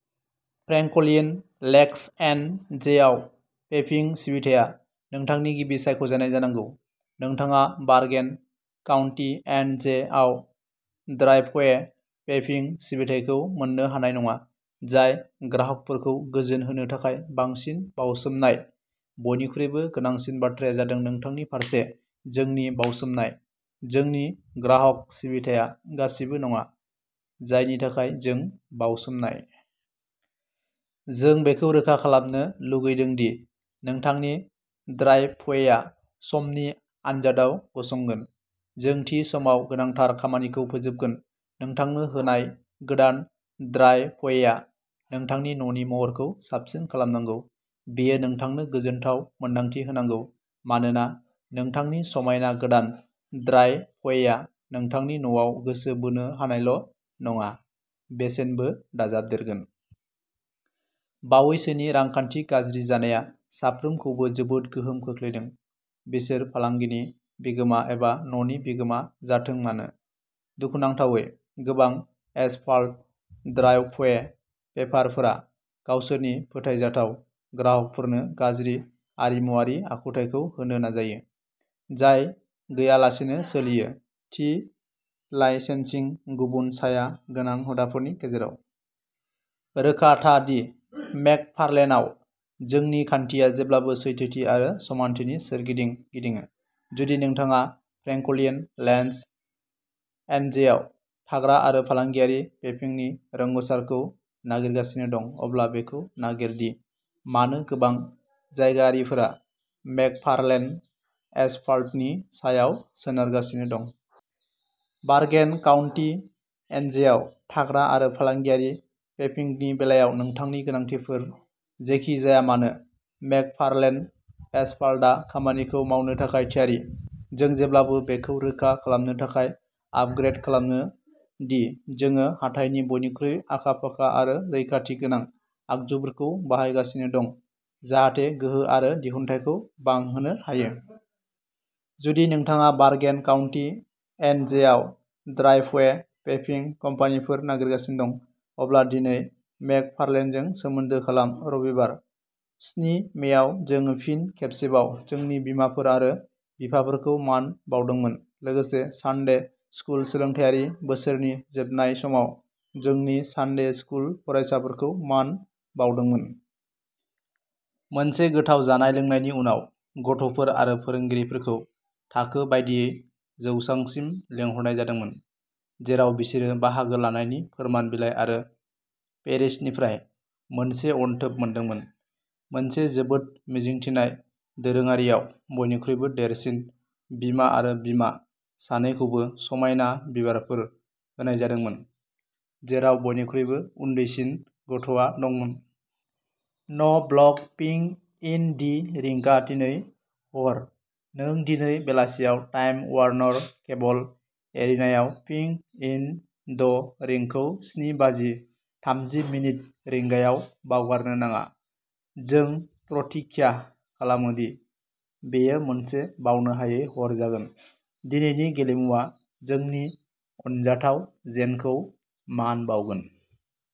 Franklin Lakes N J आव पेभिं सिबिथाया नोंथांनि गिबि सायख'नाय जानांगौ। नोंथाङा बार्गेन काउन्टि एन जे आव ड्राइभवे पेभिं सिबिथाइखौ मोननो हानाय नङा, जाय ग्राहकफोरखौ गोजोन होनो थाखाय बांसिन बावसोमनाय। बयनिख्रुइबो गोनांसिन बाथ्राया जादों नोंथांनि फारसे जोंनि बाउसोमनाय, जोंनि ग्राहक सिबिथाया गासिबो नङा, जायनि थाखाय जों बावसोमनाय। जों बेखौ रोखा खालामनो लुगैदों दि नोंथांनि ड्राइभवेआ समनि आन्जादआव गसंगोन। जों थि समाव गोनांथार खामानिखौ फोजोबगोन। नोंथांनो होनाय गोदान ड्राइभवेआ नोंथांनि न'नि महरखौ साबसिन खालामनांगौ। बेयो नोंथांनो गोजोनथाव मोन्दांथि होनांगौ मानोना नोंथांनि समायना गोदान ड्राइभवेआ नोंथांनि न'आव गोसो बोनो हानायल' नङा, बेसेनबो दाजाबदेरगोन। बावैसोनि रांखान्थि गाज्रि जानाया साफ्रोमखौबो जोबोद गोहोम खोख्लैदों, बिसोर फालांगिनि बिगोमा एबा न'नि बिगोमा जाथों मानो। दुखुनांथावै, गोबां एसफाल्ट ड्राइभवे पेभारफोरा गावसोरनि फोथायजाथाव ग्राहकफोरनो गाज्रि आरिमुआरि आखुथाइखौ होनो नाजायो, जाय गैयालासेनो सोलियो। थि लाइसेन्सिं, गुबुन साया गोनां हुदाफोरनि गेजेराव। रोखा था दि मेकफार्लेनआव, जोंनि खान्थिया जेब्लाबो सैथोथि आरो समानथिनि सोरगिदिं गिदिङो। जुदि नोंथाङा फ्रेंकलिन लेक्स एनजेआव थाग्रा आरो फालांगियारि पेभिंनि रोंग'सारखौ नागिरगासिनो दं, अब्ला बेखौ नागिर दि मानो गोबां जायगायारिफोरा मेकफार्लेन एसफाल्टनि सायाव सोनारगासिनो दं। बार्गेन काउन्टि एनजेआव थाग्रा आरो फालांगियारि पेविंगनि बेलायाव नोंथांनि गोनांथिफोर जेखि जाया मानो, मेकफार्लेन एसफाल्टआ खामानिखौ मावनो थाखाय थियारि। जों जेब्लाबो बेखौ रोखा खालामनो थाखाय आपग्रेद खालामो दि जों हाथाइनि बयनिख्रुइबो आखा-फाखा आरो रैखाथि गोनां आगजुफोरखौ बाहायगासिनो दं जाहाथे गोहो आरो दिहुनथायखौ बांहोनो हायो। जुदि नोंथाङा बार्गेन काउन्टि एन जे आव ड्राइभवे पेभिं कम्पानिफोर नागिरगासिनो दं अब्ला दिनै मेकफार्लेनजों सोमोन्दो खालाम रबिबार, जिस्नि मेआव, जों फिन खेबसेबाव जोंनि बिमाफोर आरो बिफाफोरखौ मान बावदोंमोन, लोगोसे सानडे स्कुल सोलोंथायारि बोसोरनि जोबनाय समाव जोंनि सानडे स्कुल फरायसाफोरखौ मान बावदोंमोन। मोनसे गोथाव जानाय लोंनायनि उनाव, गथ'फोर आरो फोरोंगिरिफोरखौ थाखो बायदियै जौसांसिम लिंहरनाय जादोंमोन जेराव बिसोरो बाहागो लानायनि फोरमान बिलाइ आरो पेरिशनिफ्राय मोनसे अनथोब मोनदोंमोन। मोनसे जोबोद मिजिंथिनाय दोरोङारियाव, बयनिख्रुइबो देरसिन बिमा आरो बिमा सानैखौबो समायना बिबारफोर होनाय जादोंमोन, जेराव बयनिख्रुइबो उन्दैसिन गथ'आ दंमोन। न' ब्लग पिंक इन द रिंकआ दिनै हर नों दिनै बेलासियाव टाइम वार्नार केबल एरिनाआव पिंक इन द रिंकखौ स्नि बाजि थामजि मिनिट रिंगायाव बावगारनो नाङा जों प्रतिज्ञा खालामो दि बेयो मोनसे बावनो हायै हर जागोन। दिनैनि गेलेमुआ जोंनि अनजाथाव जेनखौ मान बावगोन।